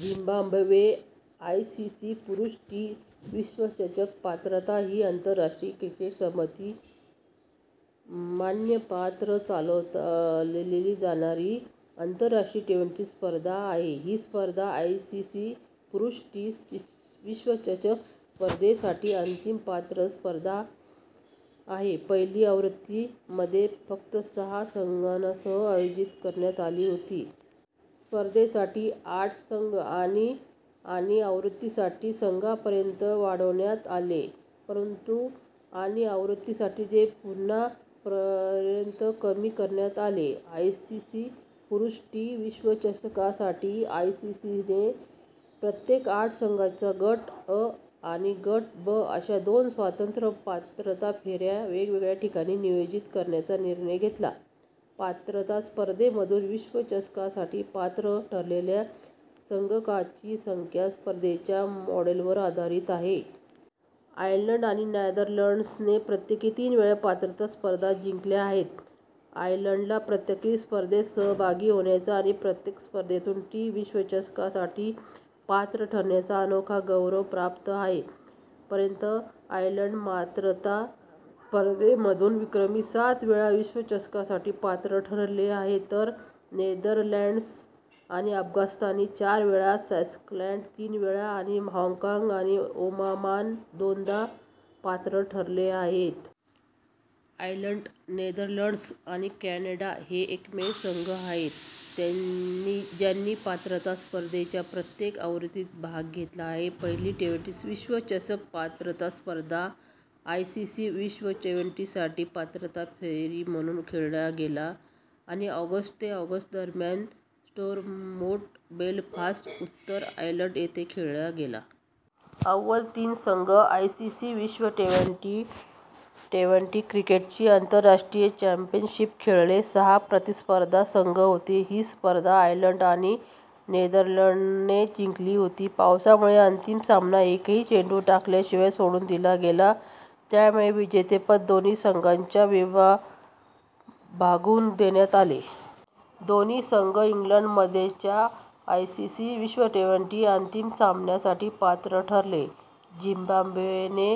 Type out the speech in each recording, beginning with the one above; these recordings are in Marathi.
झिम्बाब्वे आयसीसी पुरुष टी विश्वचषक पात्रता ही आंतरराष्ट्रीय क्रिकेट समिती मान्यतापात्र चालवली जाणारी आंतरराष्ट्रीय ट्वेंटी स्पर्धा आहे. ही स्पर्धा आयसीसी पुरुष टी विश्वचषक स्पर्धेसाठी अंतिम पात्रता स्पर्धा आहे. पहिली आवृत्ती मध्ये फक्त सहा संघांसह आयोजित करण्यात आली होती. स्पर्धेसाठी आठ संघ आणि आणि आवृत्त्यांसाठी संघांपर्यंत वाढवण्यात आले, परंतु आणि आवृत्त्यांसाठी ते पुन्हा पर्यंत कमी करण्यात आले. आयसीसी पुरुष टी विश्वचषकासाठी, आयसीसी ने प्रत्येकी आठ संघांच्या गट अ आणि गट ब अशा दोन स्वतंत्र पात्रता फेऱ्या वेगवेगळ्या ठिकाणी आयोजित करण्याचा निर्णय घेतला पात्रता स्पर्धेमधून विश्वचषकासाठी पात्र ठरलेल्या संघांची संख्या स्पर्धेच्या मॉडेलवर आधारित आहे. आयर्लंड आणि नेदरलँड्सने प्रत्येकी तीन वेळा पात्रता स्पर्धा जिंकल्या आहेत. आयर्लंडला प्रत्येक स्पर्धेत सहभागी होण्याचा आणि प्रत्येक स्पर्धेतून टी विश्वचषकासाठी पात्र ठरण्याचा अनोखा गौरव प्राप्त आहे; पर्यंत, आयर्लंड पात्रता स्पर्धेमधून विक्रमी सात वेळा विश्वचषकासाठी पात्र ठरले आहे, तर नेदरलँड्स आणि अफगाणिस्तान चार वेळा, स्कॉटलंड तीन वेळा आणि हाँगकाँग आणि ओमान दोनदा पात्र ठरले आहेत. आयर्लंड, नेदरलँड्स आणि कॅनडा हे एकमेव संघ आहेत ज्यांनी पात्रता स्पर्धेच्या प्रत्येक आवृत्तीत भाग घेतला आहे. पहिली ट्वेंटी विश्वचषक पात्रता स्पर्धा आयसीसी विश्व ट्वेंटी साठी पात्रता फेरी म्हणून खेळला गेला आणि ऑगस्ट ते ऑगस्ट दरम्यान स्टोरमोंट, बेलफास्ट, उत्तर आयर्लंड येथे खेळला गेला. अव्वल तीन संघ आयसीसी विश्व ट्वेंटी, ट्वेंटी- क्रिकेटची आंतरराष्ट्रीय चॅम्पियनशिप खेळले. सहा प्रतिस्पर्धी संघ होते: ही स्पर्धा आयर्लंड आणि नेदरलँड्सने जिंकली होती, पावसामुळे अंतिम सामना एकही चेंडू टाकल्याशिवाय सोडून दिला गेला, त्यामुळे विजेतेपद दोन्ही संघांमध्ये विभागून देण्यात आले. दोन्ही संघ इंग्लंडमध्ये च्या आयसीसी विश्व ट्वेंटी- अंतिम सामान्यासाठी पात्र ठरले. झिम्बाब्वेने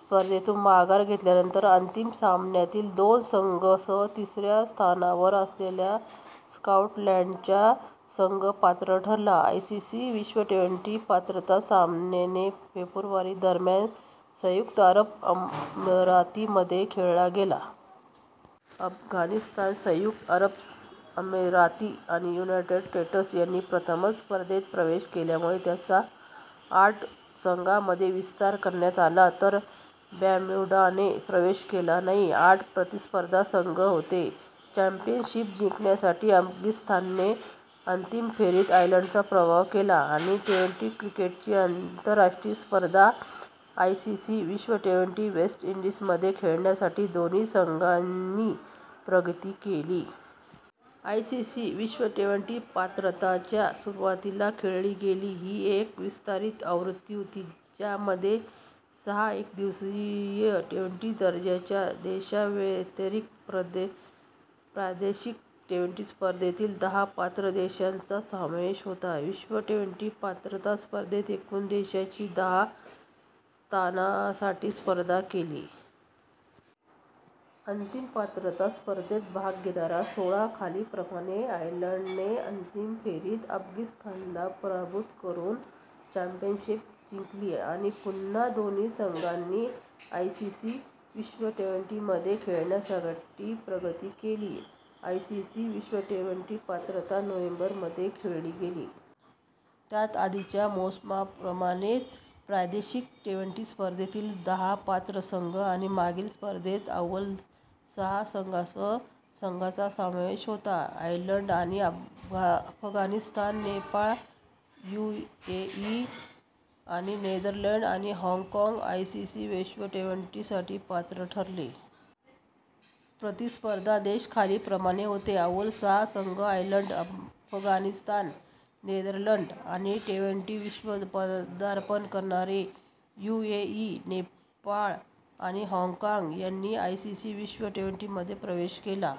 स्पर्धेतून माघार घेतल्यानंतर, अंतिम सामन्यातील दोन संघांसह तिसऱ्या स्थानावर असलेल्या स्कॉटलंडचा संघ पात्र ठरला. आयसीसी विश्व ट्वेंटी पात्रता सामने - फेब्रुवारी दरम्यान संयुक्त अरब अमिरातीमध्ये खेळला गेला. अफगाणिस्तान, संयुक्त अरब अमिराती आणि युनायटेड स्टेट्स यांनी प्रथमच स्पर्धेत प्रवेश केल्यामुळे त्याचा आठ संघांमध्ये विस्तार करण्यात आला, तर बर्म्युडाने प्रवेश केला नाही. आठ प्रतिस्पर्धी संघ होते: चॅम्पियनशिप जिंकण्यासाठी अफगाणिस्तानने अंतिम फेरीत आयर्लंडचा पराभव केला आणि ट्वेंटी क्रिकेटची आंतरराष्ट्रीय स्पर्धा आयसीसी विश्व ट्वेंटी, वेस्ट इंडीजमध्ये खेळण्यासाठी दोन्ही संघांनी प्रगती केली. आयसीसी विश्व ट्वेंटी पात्रता, च्या सुरुवातीला खेळली गेली. ही एक विस्तारित आवृत्ती होती ज्यामध्ये सहा एकदिवसीय/ट्वेंटी दर्जाच्या देशांव्यतिरिक्त प्रादेशिक ट्वेंटी स्पर्धेतील दहा पात्र देशांचा समावेश होता. विश्व ट्वेंटी- पात्रता स्पर्धेत एकूण देशांनी दहा स्थानांसाठी स्पर्धा केली. अंतिम पात्रता स्पर्धेत भाग घेणारे सोळा खालीलप्रमाणे: आयर्लंडने अंतिम फेरीत अफगाणिस्तानला पराभूत करून चॅम्पियनशिप जिंकली आणि पुन्हा दोन्ही संघांनी आयसीसी विश्व ट्वेंटी मध्ये खेळण्यासाठी प्रगती केली. आयसीसी विश्व ट्वेंटी पात्रता, नोव्हेंबर मध्ये खेळली गेली. त्यात आधीच्या मोसमाप्रमाणेच प्रादेशिक ट्वेंटी स्पर्धेतील दहा पात्र संघ आणि मागील स्पर्धेतील अव्वल सहा संघांसह संघाचा समावेश होता. आयर्लंड आणि अफगाणिस्तान, नेपाळ आणि युएई आणि नेदरलँड्स आणि हाँगकाँग आयसीसी विश्व ट्वेंटी साठी पात्र ठरले. प्रतिस्पर्धी देश खालील प्रमाणे होते: अव्वल सहा संघ: आयर्लंड, अफगाणिस्तान, नेदरलँड्स आणि ट्वेंटी विश्वात पदार्पण करणारे यूएई, नेपाळ आणि हाँगकाँग यांनी आयसीसी विश्व ट्वेंटी स्पर्धेत प्रवेश केला.